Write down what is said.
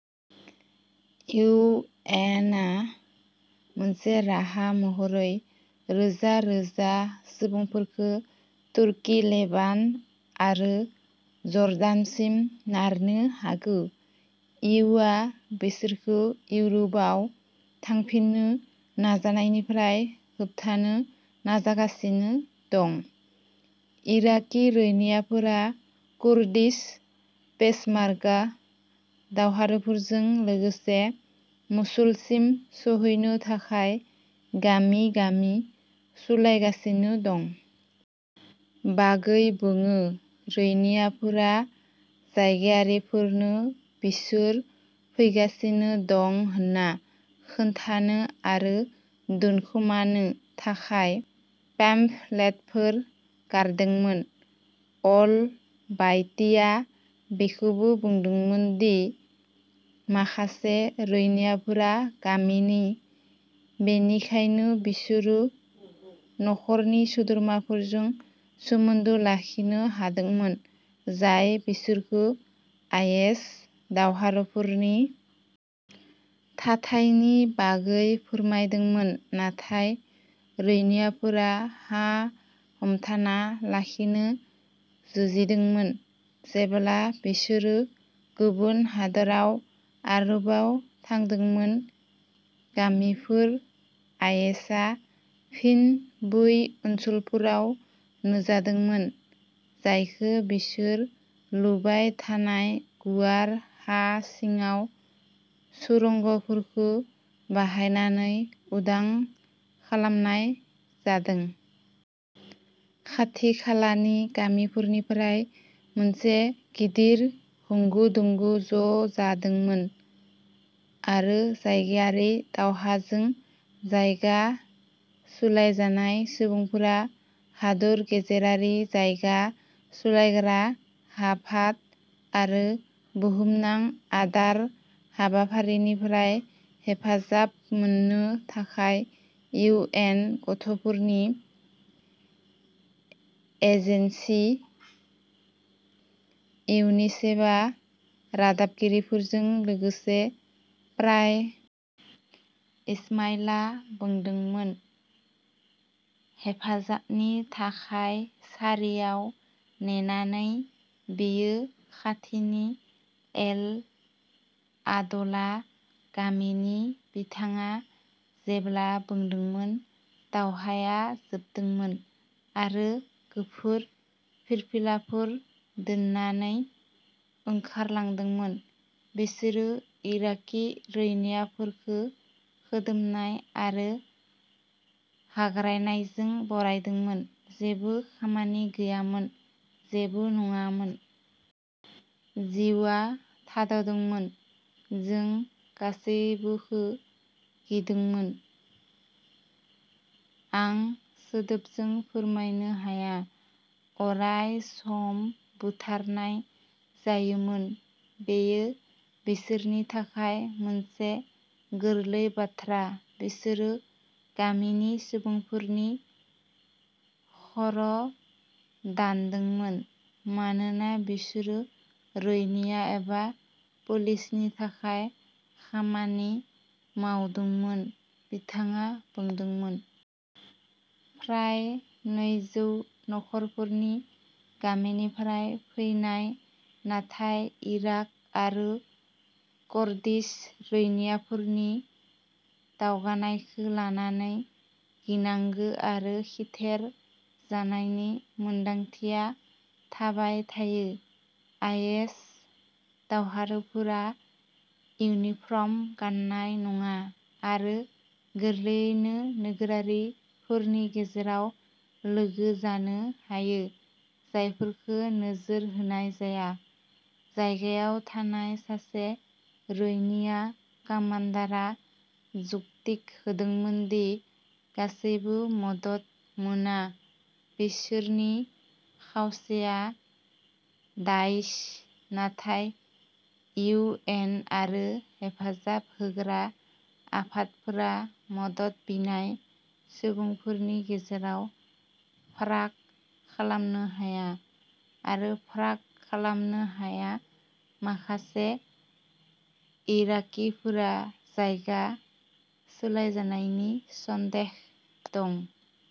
U N आ मोनसे राहा महरै रोजा रोजा सुबुंफोरखौ तुर्की लेबानन आरो जर्डानसिम नारनो हागौ इउ आ बिसोरखौ इउर'पआव थांफिननो नाजानायनिफ्राय होबथानो नाजागासिनो दं। इराकी रौनियाफोरा कुर्दिश पेशमर्गा दावहारुफोरजों लोगोसे मसुलसिम सौहैनो थाखाय गामि गामि सोलायगासिनो दं। बागै बुङो रौनियाफोरा जायगायारिफोरनो बिसोर फैगासिनो दं होन्ना खोन्थानो आरो दोनखोमानो थाखाय पेम्फलेटफोर गारदोंमोन अल बायतीआ बेखौबो बुंदोंमोन दि माखासे रौनियाफोरा गामिनि बेनिखायनो बिसोरो नखरनि सोद्रोमाफोरजों सोमोन्दो लाखिनो हादोंमोन जाय बिसोरखौ आइएस दावहारुफोरनि थाथायनि बागै फोरमायदोंमोन नाथाय रौनियाफोरा हा हमथाना लाखिनो जुजिदोंमोन जेब्ला बिसोरो गुबुन हादोराव आरोबाव थांदोंमोन गामिफोर आइएसआ फिन बै ओनसोलफोराव नुजादोंमोन जायखौ बिसोर लुबाय थानाय गुवार हा सिङाव सुरंगफोरखौ बाहायनानै उदां खालामनाय जादों खाथिखालानि गामिफोरनिफ्राय मोनसे गिदिर होंगो दोंगो ज'जादोंमोन आरो जायगायारि दावहाजों जायगा सोलायजानाय सुबुंफोरा हादोर गेजेरारि जायगा सोलायग्रा आफाद आरो बुहुमनां आदार हाबाफारिनिफ्राय हेफाजाब मोननो थाखाय इउ एन गथ'फोरनि एजेन्सि इउनिसेफआ रादाबगिरिफोरजों लोगोसे प्राय इसमाइलआ बुंदोंमोन हेफाजाबनि थाखाय सारियाव नेनानै बियो खाथिनि एल आदला गामिनि बिथाङा जेब्ला बुंदोंमोन दावहाया जोबदोंमोन आरो गुफुर फिरफिलाफोर दोननानै ओंखारलांदोंमोन बिसोरो इराकी रौनियाफोरखौ खुदुमनाय आरो हाग्रायनायजों बरायदोंमोन जेबो खामानि गैयामोन जेबो नङामोन जिउआ थाद'दोंमोन जों गासैबोखौ गिदोंमोन आं सोदोबजों फोरमायनो हाया अराय सम बुथारनाय जायोमोन बेयो बिसोरनि थाखाय मोनसे गोरलै बाथ्रा बिसोरो गामिनि सुबुंफोरनि खर'दानदोंमोन मानोना बिसोरो रौनिया एबा पुलिसनि थाखाय खामानि मावदोंमोन बिथाङा बुंदोंमोन फ्राय नैजौ नखरफोरनि गामिनिफ्राय फैनाय नाथाय इराक आरो कुर्दिश रौनियाफोरनि दावगानायखौ लानानै गिनांगौ आरो खिथेर जानायनि मोन्दांथिया थाबाय थायो आइएस दावहारुफोरा इउनिफर्म गान्नाय नङा आरो गोरलैयैनो नोगोरारिफोरनि गेजेराव लोगो जानो हायो जायफोरखौ नोजोर होनाय जाया जायगायाव थानाय सासे रौनिया कामान्डारा जुक्ति होदोंमोन दि गासैबो मदद मोना बिसोरनि खावसेया दाइश नाथाय इउ एन आरो हेफाजाब होग्रा आफादफोरा मदद बिनाय सुबुंफोरनि गेजेराव फाराग खालामनो हाया आरो फाराग खालामनो हाया माखासे इराकीफोरा जायगा सोलायजानायनि सन्देह दं।